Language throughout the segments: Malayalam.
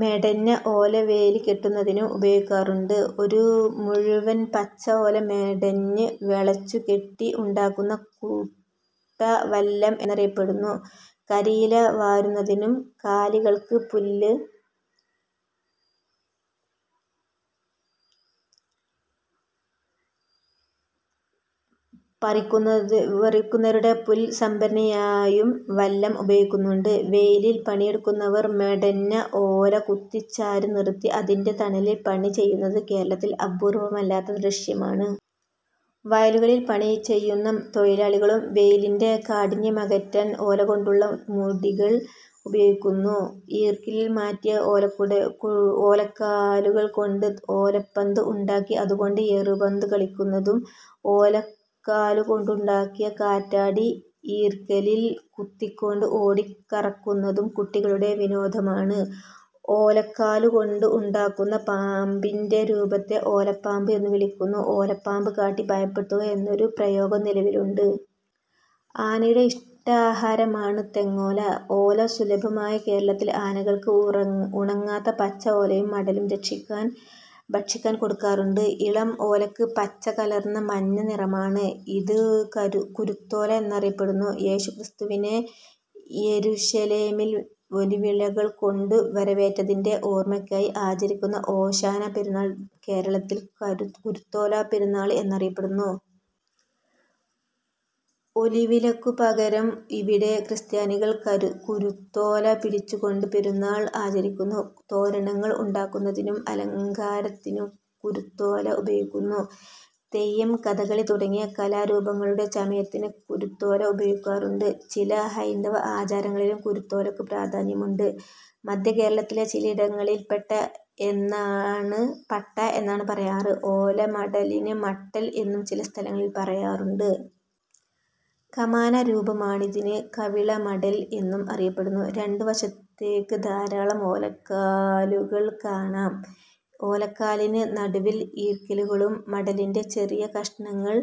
മെടഞ്ഞ ഓല വേലി കെട്ടുന്നതിനും ഉപയോഗിക്കാറുണ്ട്. ഒരു മുഴുവൻ പച്ച ഓല മെടഞ്ഞ് വളച്ചുകെട്ടി ഉണ്ടാക്കുന്ന കുട്ട വല്ലം എന്നറിയപ്പെടുന്നു. കരിയില വാരുന്നതിനും കാലികൾക്ക് പുല്ല് പറിക്കുന്നവരുടെ പുൽ സംഭരണിയായും വല്ലം ഉപയോഗിക്കുന്നു. വെയിലിൽ പണിയെടുക്കുന്നവർ മെടഞ്ഞ ഓല കുത്തിച്ചാരി നിറുത്തി അതിന്റെ തണലിൽ പണി ചെയ്യുന്നത് കേരളത്തിൽ അപൂർവ്വമല്ലാത്ത ദൃശ്യമാണ്. വയലുകളിൽ പണിചെയ്യുന്ന തൊഴിലാളികളും വെയിലിന്റെ കാഠിന്യമകറ്റാൻ ഓലകൊണ്ടുള്ള മൂടികൾ ഉപയോഗിക്കുന്നു. ഈർക്കിൽ മാറ്റിയ ഓലക്കാലുകൾ കൊണ്ട് ഓലപ്പന്ത് ഉണ്ടാക്കി അതുകൊണ്ട് ഏറുപന്ത് കളിക്കുന്നതും ഓലക്കാലുകൊണ്ടുണ്ടാക്കിയ കാറ്റാടി ഈർക്കിലിൽ കുത്തിക്കൊണ്ട് ഓടിക്കറക്കുന്നതും കുട്ടികളുടെ വിനോദമാണ്. ഓലക്കാലുകൊണ്ട് ഉണ്ടാക്കുന്ന പാമ്പിന്റെ രൂപത്തെ ഓലപ്പാമ്പ് എന്ന് വിളിക്കുന്നു. 'ഓലപ്പാമ്പ് കാട്ടി ഭയപ്പെടുത്തുക' എന്നൊരു പ്രയോഗം നിലവിലുണ്ട്. ആനയുടെ ഇഷ്ടാഹാരമാണ് തെങ്ങോല. ഓല സുലഭമായ കേരളത്തിൽ ആനകൾക്ക് ഉണങ്ങാത്ത പച്ച ഓലയും മടലും ഭക്ഷിക്കാൻ കൊടുക്കാറുണ്ട്. ഇളം ഓലക്ക് പച്ചകലർന്ന മഞ്ഞ നിറമാണ്. ഇത് കുരുത്തോല എന്നറിയപ്പെടുന്നു. യേശുക്രിസ്തുവിനെ യെരുശലേമിൽ ഒലിവിലകൾ കൊണ്ടു വരവേറ്റതിന്റെ ഓർമ്മക്കായി ആചരിക്കുന്ന ഓശാന പെരുനാൾ കേരളത്തിൽ കുരുത്തോല പെരുനാള് എന്നറിയപ്പെടുന്നു. ഒലിവിലക്കു പകരം ഇവിടെ ക്രിസ്ത്യാനികൾ കുരുത്തോല പിടിച്ചുകൊണ്ട് പെരുനാൾ ആചരിക്കുന്നു. തോരണങ്ങൾ ഉണ്ടാക്കുന്നതിനും അലങ്കാരത്തിനും കുരുത്തോല ഉപയോഗിക്കുന്നു. തെയ്യം, കഥകളി തുടങ്ങിയ കലാരൂപങ്ങളുടെ ചമയത്തിന് കുരുത്തോല ഉപയോഗിക്കാറുണ്ട്. ചില ഹൈന്ദവ ആചാരങ്ങളിലും കുരുത്തോലക്കു പ്രാധാന്യമുണ്ട്. മധ്യകേരളത്തിലെ ചില ഇടങ്ങളിൽ പട്ട എന്നാണ് പറയാറ്. ഓലമടലിന് മട്ടൽ എന്നും ചിലസ്ഥലങ്ങളിൽ പേരുണ്ട്. കമാന രൂപമാണിതിന്, കവിള മടൽ എന്നും അറിയപ്പെടുന്നു. രണ്ടു വശത്തെക്ക് ധാരാളം ഓലക്കാലുകൾ കാണാം. ഓലക്കാലിന് നടുവിൽ ഈർക്കിലുകളും. മടലിന്റെ ചെറിയ കഷണങ്ങൾ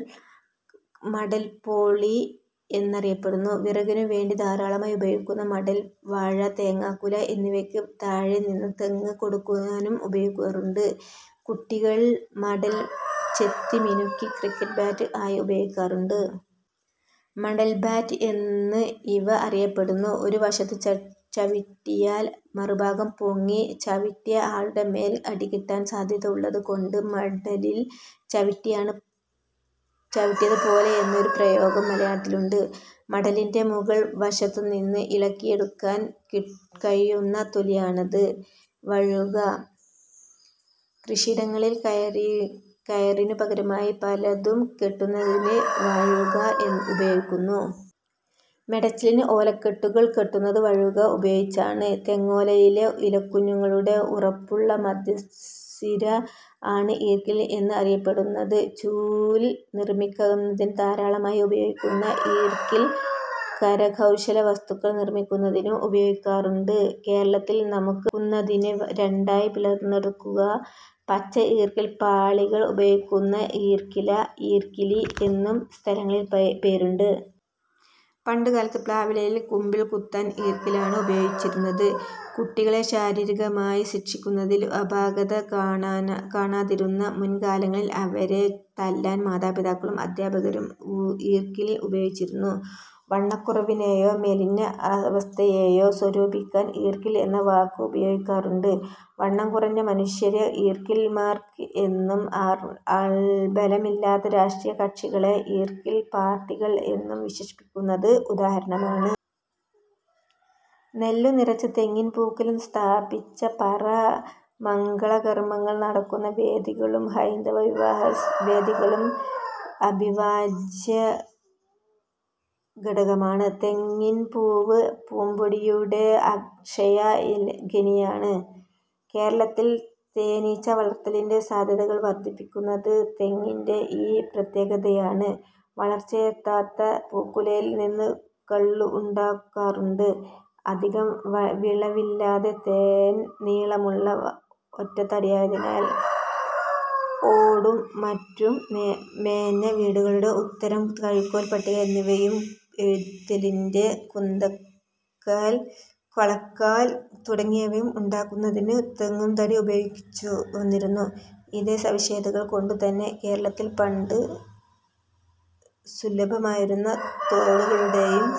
മടൽപ്പൊളി എന്നറിയപ്പെടുന്നു. വിറകിനുവേണ്ടി ധാരാളമായി ഉപയോഗിക്കുന്ന മടൽ, വാഴ, തേങ്ങാക്കുല എന്നിവയ്ക്ക് താഴെനിന്ന് താങ്ങ് കൊടുക്കാനും ഉപയോഗിക്കാറുണ്ട്. കുട്ടികൾ മടൽ ചെത്തിമിനുക്കി ക്രിക്കറ്റ് ബാറ്റ് ആയി ഉപയോഗിക്കാറുണ്ട്. മടൽ ബാറ്റ് എന്ന് ഇവ അറിയപ്പെടുന്നു. ഒരു വശത്ത് ചവിട്ടിയാൽ മറുഭാഗം പൊങ്ങി ചവിട്ടിയ ആളുടെ മേൽ അടികിട്ടാൻ സാധ്യത ഉള്ളത് കൊണ്ട് മടലിൽ ചവിട്ടിയത് പോലെ എന്നൊരു പ്രയോഗം മലയാളത്തിലുണ്ട്. മടലിന്റെ മുകൾ വശത്തുനിന്ന് ഇളക്കിയെടുക്കാൻ കഴിയുന്ന തൊലിയാണ് വഴുക. കൃഷിയിടങ്ങളിൽ കയറിനു പകരമായി പലതും കെട്ടുന്നതിന് വഴുക ഉപയോഗിക്കുന്നു. മെടച്ചിലിന് ഓലക്കെട്ടുകൾ കെട്ടുന്നത് വഴുക ഉപയോഗിച്ചാണ്. തെങ്ങോലയിലെ ഇലക്കുഞ്ഞുങ്ങളുടെ ഉറപ്പുള്ള മധ്യസിര ആണ് ഈർക്കിൽ എന്ന് അറിയപ്പെടുന്നത്. ചൂൽ നിർമ്മിക്കുന്നതിന് ധാരാളമായി ഉപയോഗിക്കുന്ന ഈർക്കിൽ, കരകൗശലവസ്തുക്കൾ നിർമ്മിക്കുന്നതിനും ഉപയോഗിക്കാറുണ്ട്. കേരളത്തിൽ നാക്ക് വടിക്കുന്നതിന് രണ്ടായി പിളർന്നെടുത്ത പച്ച ഈർക്കിൽ പാളികൾ ഉപയോഗിക്കുന്നു. ഈർക്കില, ഈർക്കിലി എന്നും ചില സ്ഥലങ്ങളിൽ പേരുണ്ട്. പണ്ടുകാലത്ത് പ്ലാവിലയിൽ കുമ്പിൾ കുത്താൻ ഈർക്കിലാണ് ഉപയോഗിച്ചിരുന്നത്. കുട്ടികളെ ശാരീരികമായി ശിക്ഷിക്കുന്നതിൽ അപാകത കാണാതിരുന്ന മുൻകാലങ്ങളിൽ അവരെ തല്ലാൻ മാതാപിതാക്കളും അദ്ധ്യാപകരും ഈർക്കിൽ ഉപയോഗിച്ചിരുന്നു. വണ്ണക്കുറവിനെയോ മെലിഞ്ഞ അവസ്ഥയേയോ സൂചിപ്പിക്കാൻ ഈർക്കിൽ എന്ന വാക്ക് ഉപയോഗിക്കാറുണ്ട്. വണ്ണംകുറഞ്ഞ മനുഷ്യരെ ഈർക്കിൽ മാർക്ക് എന്നും ആൾബലമില്ലാത്ത രാഷ്ട്രീയകക്ഷികളെ ഈർക്കിൽ പാർട്ടികൾ എന്നും വിശേഷിപ്പിക്കുന്നത് ഉദാഹരണമാണ്. നെല്ലു നിറച്ച് തെങ്ങിൻ പൂക്കുല സ്ഥാപിച്ച പറ മംഗളകർമ്മങ്ങൾ നടക്കുന്ന വേദികളിലും, ഹൈന്ദവ വിവാഹ വേദികളിലും അവിഭാജ്യ ഘടകമാണ്. തെങ്ങിൻ പൂവ് പൂമ്പൊടിയുടെ അക്ഷയ ഖനിയാണ്. കേരളത്തിൽ തേനീച്ച വളർത്തലിന്റെ സാധ്യതകൾ വർദ്ധിപ്പിക്കുന്നത് തെങ്ങിന്റെ ഈ പ്രത്യേകതയാണ്. വളർച്ചയെത്താത്ത പൂക്കുലയിൽ നിന്നും കള്ള് ഉണ്ടാക്കാറുണ്ട്. അധികം വളവില്ലാതെ നേർ നീളമുള്ള ഒറ്റത്തടിയായതിനാൽ ഓടും മറ്റും മേഞ്ഞ വീടുകളുടെ ഉത്തരം, കഴുക്കോൽ, പട്ടിക എന്നിവയും, എരുത്തിലിന്റെ കുന്തക്കാൽ, കാളക്കാൽ തുടങ്ങിയവയും ഉണ്ടാക്കുന്നതിന് തെങ്ങും തടി ഉപയോഗിച്ചു വന്നിരുന്നു. ഇതേ സവിശേഷതകൾ കൊണ്ടുതന്നെ കേരളത്തിൽ പണ്ട് സുലഭമായിരുന്ന തോടുകളുടെയും ചെറു